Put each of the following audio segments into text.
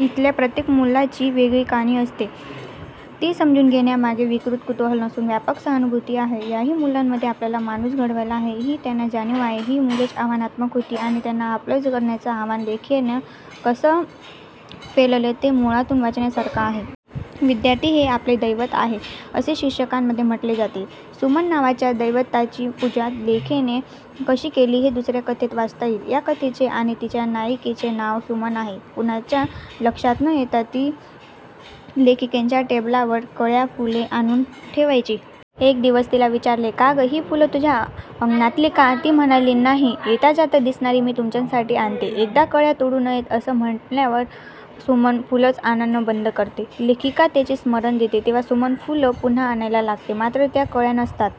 इथल्या प्रत्येक मुलाची वेगळी कहाणी असते. ती समजून घेण्यामागे विकृत कुतूहल नसून व्यापक सहानुभूती आहे. याही मुलांमध्ये आपल्याला माणूस घडवायचा आहे ही त्यांना जाणीव आहे. ही मुलेच आव्हानात्मक होती आणि त्यांना आपलंस करण्याचं आव्हान लेखिकेनं कसं पेललं ते मुळातून वाचण्यासारखं आहे. विद्यार्थी हे आपले दैवत आहे असे शिक्षकांमध्ये म्हटले जाते. सुमन नावाच्या दैवताची पूजा लेखिकेने कशी केली हे दुसऱ्या कथेत वाचता येईल. या कथेचे आणि तिच्या नायिकेचे नाव सुमन आहे. कुणाच्या लक्षात न येता ती लेखिकेच्या टेबलावर कळ्या, फुले आणून ठेवायची. एक दिवस तिला विचारले, का गं, ही फुलं तुझ्या अंगणातली का? ती म्हणाली, नाही, येता जाता दिसणारी मी तुमच्यासाठी आणते. एकदा कळ्या तोडू नयेत असं म्हणाल्यावरून सुमन फुलंच आणणं बंद करते. लेखिका त्याचे स्मरण देते तेव्हा सुमन फुलं पुन्हा आणायला लागते मात्र त्यात कळ्या नसतात.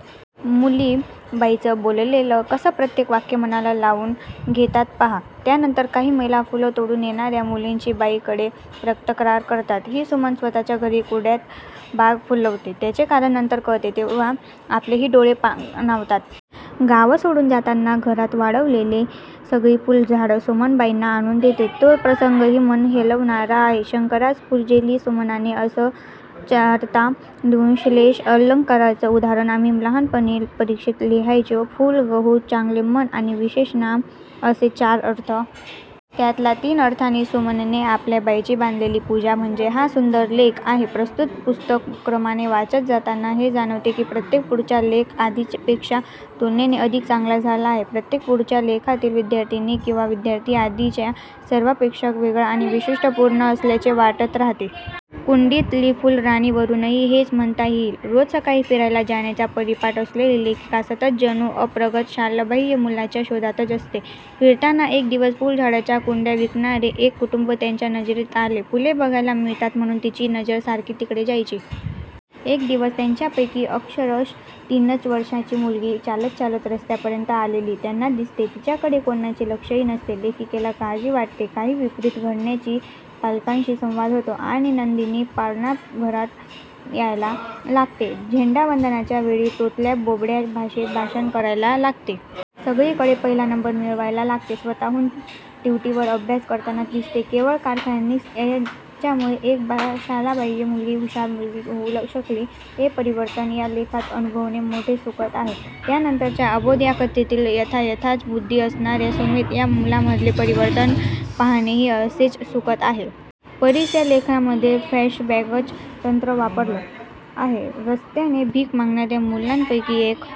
मुली बाईंचं बोललेलं कसं प्रत्येक वाक्य मनाला लावून घेतात पहा. त्यानंतर काही महिला फुलं तोडून नेणाऱ्या मुलींची बाईंकडे तक्रार करतात. ही सुमन स्वतःच्या घरी कुंड्यात बाग फुलवते. त्याचे कारण नंतर कळते. तेव्हा आपलेही डोळे पाणावतात. गाव सोडून जाताना घरात वाढवलेली सगळी फुलझाडं सुमन बाईंना आणून देते तो प्रसंगही मन हेलावणारा आहे. शंकरास पूजिले सुमनाने असं चारदा लिहून श्लेष अलंकाराचं उदाहरण आम्ही लहानपणी परीक्षेत लिहायचो. फूल, गहू, चांगले मन आणि विशेषनाम असे चार अर्थ. त्यातल्या तीन अर्थांनी सुमनने आपल्या बाईंची बांधलेली पूजा म्हणजे हा सुंदर लेख आहे. प्रस्तुत पुस्तक क्रमाने वाचत जाताना हे जाणवते की प्रत्येक पुढचा लेख आधीच्यापेक्षा तुलनेने अधिक चांगला झाला आहे. प्रत्येक पुढच्या लेखातली विद्यार्थिनी किंवा विद्यार्थी आधीच्या सर्वांपेक्षा वेगळा आणि वैशिष्ट्यपूर्ण असल्याचे वाटत राहते. कुंडीतली फुलराणीवरूनही हेच म्हणता येईल. रोज सकाळी फिरायला जाण्याचा परिपाठ असलेली लेखिका सतत जणू अप्रगत, शालाबाह्य मुलांच्या शोधातच असते. फिरताना एक दिवस फुलझाडांच्या कुंड्या विकणारे एक कुटुंब त्यांच्या नजरेत आले. फुले बघायला मिळतात म्हणून तिची नजर सारखी तिकडे जायची. एक दिवस त्यांच्यापैकी अक्षरशः तीनच वर्षांची मुलगी चालत चालत रस्त्यापर्यंत आलेली त्यांना दिसते. तिच्याकडे कोणाचे लक्षही नसते. लेखिकेला काळजी वाटते काही विपरीत घडण्याची. पालकांशी संवाद होतो आणि नंदिनी पाळणाघरात यायला लागते. झेंडावंदनाच्या वेळी तोतऱ्या, बोबड्या भाषेत भाषण करायला लागते. सगळीकडे पहिला नंबर मिळवायला लागते. स्वतःहून दिवटीवर अभ्यास करताना दिसते. केवळ कारखानीस यांच्यामुळे एक शालाबाह्य मुलगी हुषार मुलगी होऊ शकली. हे परिवर्तन या लेखात अनुभवणे मोठे सुखद आहे. त्यानंतरच्या अबोध या कथेतही यथातथाच बुद्धी असणाऱ्या सुमित या मुलामधले परिवर्तन पाहणेही असेच सुखद आहे. परीस या लेखामध्ये फ्लॅशबॅकचं तंत्र वापरलं आहे. रस्त्याने भीक मागणाऱ्या मुलांपैकी एक